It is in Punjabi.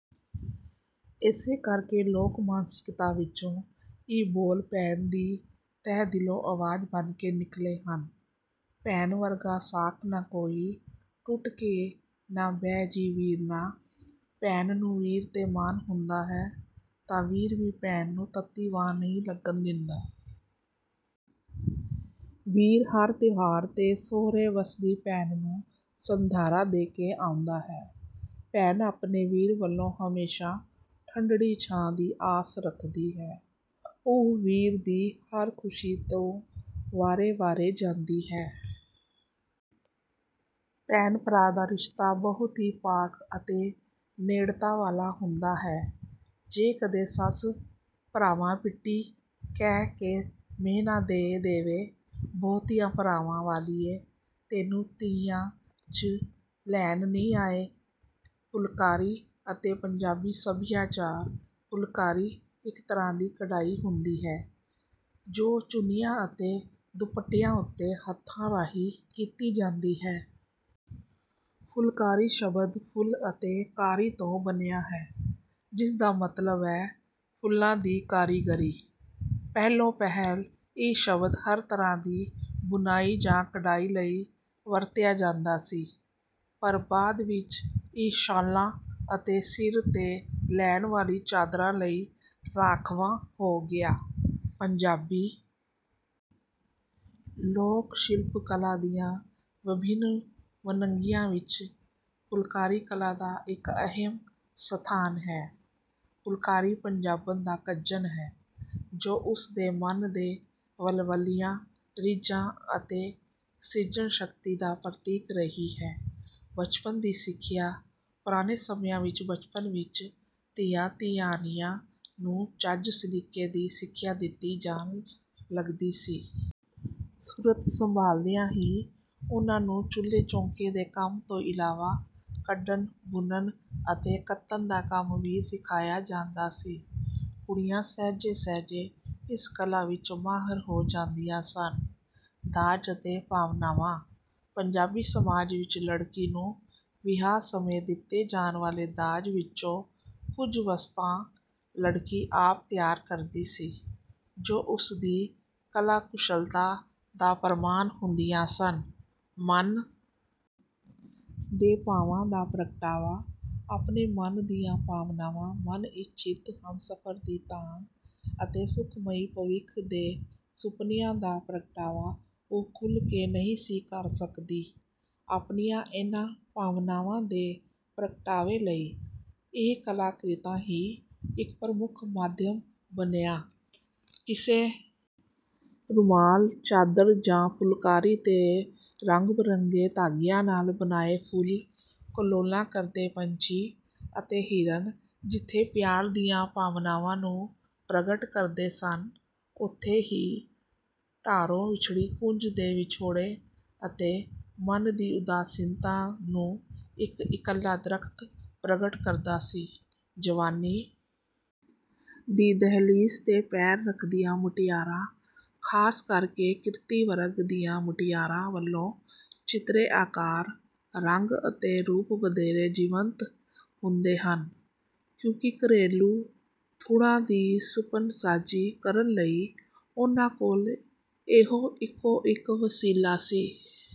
ਇਸੇ ਕਰਕੇ ਲੋਕ-ਮਾਨਸਿਕਤਾ ਵਿੱਚੋਂ ਇਹ ਬੋਲ ਭੈਣ ਦੀ ਤਹਿ ਦਿਲੋਂ ਆਵਾਜ਼ ਬਣ ਕੇ ਨਿਕਲੇ ਹਨ:"ਭੈਣ ਵਰਗਾ ਸਾਕ ਨਾ ਕੋਈ, ਟੁੱਟ ਕੇ ਨਾ ਬਹਿ ਜੀ ਵੀਰਨਾ।"ਭੈਣ ਨੂੰ ਵੀਰ 'ਤੇ ਮਾਣ ਹੁੰਦਾ ਹੈ, ਤਾਂ ਵੀਰ ਵੀ ਭੈਣ ਨੂੰ ਤੱਤੀ ਵਾਅ ਨਹੀਂ ਲੱਗਣ ਦਿੰਦਾ। ਵੀਰ ਹਰ ਤਿਉਹਾਰ 'ਤੇ ਸੋਹਰੇ ਵੱਸਦੀ ਭੈਣ ਨੂੰ ਸੰਧਾਰਾ ਦੇ ਕੇ ਆਉਂਦਾ ਹੈ। ਭੈਣ ਆਪਣੇ ਵੀਰ ਵੱਲੋਂ ਹਮੇਸ਼ਾ ਠੰਢੜੀ ਛਾਂ ਦੀ ਆਸ ਰੱਖਦੀ ਹੈ। ਉਹ ਵੀਰ ਦੀ ਹਰ ਖ਼ੁਸ਼ੀ ਤੋਂ ਵਾਰੇ-ਵਾਰੇ ਜਾਂਦੀ ਹੈ। ਭੈਣ-ਭਰਾ ਦਾ ਰਿਸ਼ਤਾ ਬਹੁਤ ਹੀ ਪਾਕ ਅਤੇ ਨੇੜਤਾ ਵਾਲਾ ਹੁੰਦਾ ਹੈ। ਜੇ ਕਦੇ ਸੱਸ 'ਭਰਾਵਾਂ ਪਿੱਟੀ' ਕਹਿ ਕੇ ਮਿਹਣਾ ਦੇ ਦੇਵੇ:"ਬਹੁਤਿਆਂ ਭਰਾਵਾਂ ਵਾਲੀਏ, ਤੈਨੂੰ ਤੀਆਂ 'ਚ ਲੈਣ ਨੀ ਆਏ।"ਫੁਲਕਾਰੀ ਅਤੇ ਪੰਜਾਬੀ ਸੱਭਿਆਚਾਰਫੁਲਕਾਰੀ ਇੱਕ ਤਰ੍ਹਾਂ ਦੀ ਕਢਾਈ ਹੁੰਦੀ ਹੈ, ਜੋ ਚੁੰਨੀਆਂ ਅਤੇ ਦੁਪੱਟਿਆਂ ਉੱਤੇ ਹੱਥਾਂ ਰਾਹੀਂ ਕੀਤੀ ਜਾਂਦੀ ਹੈ। ਫੁਲਕਾਰੀ ਸ਼ਬਦ 'ਫੁੱਲ' ਅਤੇ 'ਕਾਰੀ' ਤੋਂ ਬਣਿਆ ਹੈ, ਜਿਸ ਦਾ ਮਤਲਬ ਹੈ ਫੁੱਲਾਂ ਦੀ ਕਾਰੀਗਰੀ। ਪਹਿਲੋਂ-ਪਹਿਲ ਇਹ ਸ਼ਬਦ ਹਰ ਤਰ੍ਹਾਂ ਦੀ ਬੁਣਾਈ ਜਾਂ ਕਢਾਈ ਲਈ ਵਰਤਿਆ ਜਾਂਦਾ ਸੀ, ਪਰ ਬਾਅਦ ਵਿੱਚ ਇਹ ਸ਼ਾਲਾਂ ਅਤੇ ਸਿਰ 'ਤੇ ਲੈਣ ਵਾਲੀਆਂ ਚਾਦਰਾਂ ਲਈ ਰਾਖਵਾਂ ਹੋ ਗਿਆ। ਪੰਜਾਬੀ ਲੋਕ-ਸ਼ਿਲਪ ਕਲਾ ਦੀਆਂ ਵਿਭਿੰਨ ਵੰਨਗੀਆਂ ਵਿੱਚ ਫੁਲਕਾਰੀ ਕਲਾ ਦਾ ਇੱਕ ਅਹਿਮ ਸਥਾਨ ਹੈ। ਫੁਲਕਾਰੀ ਪੰਜਾਬਣ ਦਾ ਕੱਜਣ ਹੈ, ਜੋ ਉਸ ਦੇ ਮਨ ਦੇ ਵਲਵਲਿਆਂ, ਰੀਝਾਂ ਅਤੇ ਸਿਰਜਣ-ਸ਼ਕਤੀ ਦਾ ਪ੍ਰਤੀਕ ਰਹੀ ਹੈ। ਬਚਪਨ ਦੀ ਸਿੱਖਿਆ: ਪੁਰਾਣੇ ਸਮਿਆਂ ਵਿੱਚ ਬਚਪਨ ਵਿੱਚ ਹੀ ਧੀਆਂ-ਧਿਆਣੀਆਂ ਨੂੰ ਚੱਜ-ਸਲੀਕੇ ਦੀ ਸਿੱਖਿਆ ਦਿੱਤੀ ਜਾਣ ਲੱਗਦੀ ਸੀ। ਸੁਰਤ ਸੰਭਾਲਦਿਆਂ ਹੀ ਉਨ੍ਹਾਂ ਨੂੰ ਚੁੱਲ੍ਹੇ-ਚੌਂਕੇ ਦੇ ਕੰਮਾਂ ਤੋਂ ਇਲਾਵਾ ਕੱਢਣ, ਬੁਣਨ ਅਤੇ ਕੱਤਣ ਦਾ ਕੰਮ ਵੀ ਸਿਖਾਇਆ ਜਾਂਦਾ ਸੀ। ਕੁੜੀਆਂ ਸਹਿਜੇ-ਸਹਿਜੇ ਇਸ ਕਲਾ ਵਿੱਚ ਮਾਹਰ ਹੋ ਜਾਂਦੀਆਂ ਸਨ। ਦਾਜ ਅਤੇ ਭਾਵਨਾਵਾਂ: ਪੰਜਾਬੀ ਸਮਾਜ ਵਿੱਚ ਲੜਕੀ ਨੂੰ ਵਿਆਹ ਸਮੇਂ ਦਿੱਤੇ ਜਾਣ ਵਾਲੇ ਦਾਜ ਵਿੱਚੋਂ ਕੁਝ ਵਸਤਾਂ ਲੜਕੀ ਆਪ ਤਿਆਰ ਕਰਦੀ ਸੀ, ਜੋ ਉਸ ਦੀ ਕਲਾ-ਕੁਸ਼ਲਤਾ ਦਾ ਪ੍ਰਮਾਣ ਹੁੰਦੀਆਂ ਸਨ। ਮਨ ਦੇ ਭਾਵਾਂ ਦਾ ਪ੍ਰਗਟਾਵਾ: ਆਪਣੇ ਮਨ ਦੀਆਂ ਭਾਵਨਾਵਾਂ, ਮਨ-ਇੱਛਤ ਹਮਸਫ਼ਰ ਦੀ ਤਾਂਘ ਅਤੇ ਸੁਖਮਈ ਭਵਿੱਖ ਦੇ ਸੁਪਨਿਆਂ ਦਾ ਪ੍ਰਗਟਾਵਾ ਉਹ ਖੁੱਲ੍ਹ ਕੇ ਨਹੀਂ ਸੀ ਕਰ ਸਕਦੀ। ਆਪਣੀਆਂ ਇਹਨਾਂ ਭਾਵਨਾਵਾਂ ਦੇ ਪ੍ਰਗਟਾਵੇ ਲਈ ਇਹ ਕਲਾ-ਕ੍ਰਿਤਾਂ ਹੀ ਇੱਕ ਪ੍ਰਮੁੱਖ ਮਾਧਿਅਮ ਬਣੀਆਂ। ਕਿਸੇ ਰੁਮਾਲ, ਚਾਦਰ ਜਾਂ ਫੁਲਕਾਰੀ 'ਤੇ ਰੰਗ-ਬਿਰੰਗੇ ਧਾਗਿਆਂ ਨਾਲ ਬਣਾਏ ਫੁੱਲ, ਕਲੋਲਾਂ ਕਰਦੇ ਪੰਛੀ ਅਤੇ ਹਿਰਨ ਜਿੱਥੇ ਪਿਆਰ ਦੀਆਂ ਭਾਵਨਾਵਾਂ ਨੂੰ ਪ੍ਰਗਟ ਕਰਦੇ ਸਨ, ਉੱਥੇ ਹੀ ਡਾਰੋਂ ਵਿਛੜੀ ਕੂੰਜ ਦੇ ਵਿਛੋੜੇ ਅਤੇ ਮਨ ਦੀ ਉਦਾਸੀਨਤਾ ਨੂੰ ਇੱਕ ਇਕੱਲਾ ਦਰੱਖਤ ਪ੍ਰਗਟ ਕਰਦਾ ਸੀ। ਜਵਾਨੀ ਦੀ ਦਹਿਲੀਜ਼ 'ਤੇ ਪੈਰ ਰੱਖਦੀਆਂ ਮੁਟਿਆਰਾਂ—ਖਾਸ ਕਰਕੇ ਕਿਰਤੀ ਵਰਗ ਦੀਆਂ ਮੁਟਿਆਰਾਂ ਵੱਲੋਂ ਚਿੱਤਰੇ ਆਕਾਰ, ਰੰਗ ਅਤੇ ਰੂਪ ਵਧੇਰੇ ਜੀਵੰਤ ਹੁੰਦੇ ਹਨ, ਕਿਉਂਕਿ ਘਰੇਲੂ ਥੁੜ੍ਹਾਂ ਦੀ ਸੁਪਨਸਾਜ਼ੀ ਕਰਨ ਲਈ ਉਨ੍ਹਾਂ ਕੋਲ ਇਹੋ ਇੱਕੋ-ਇੱਕ ਵਸੀਲਾ ਸੀ।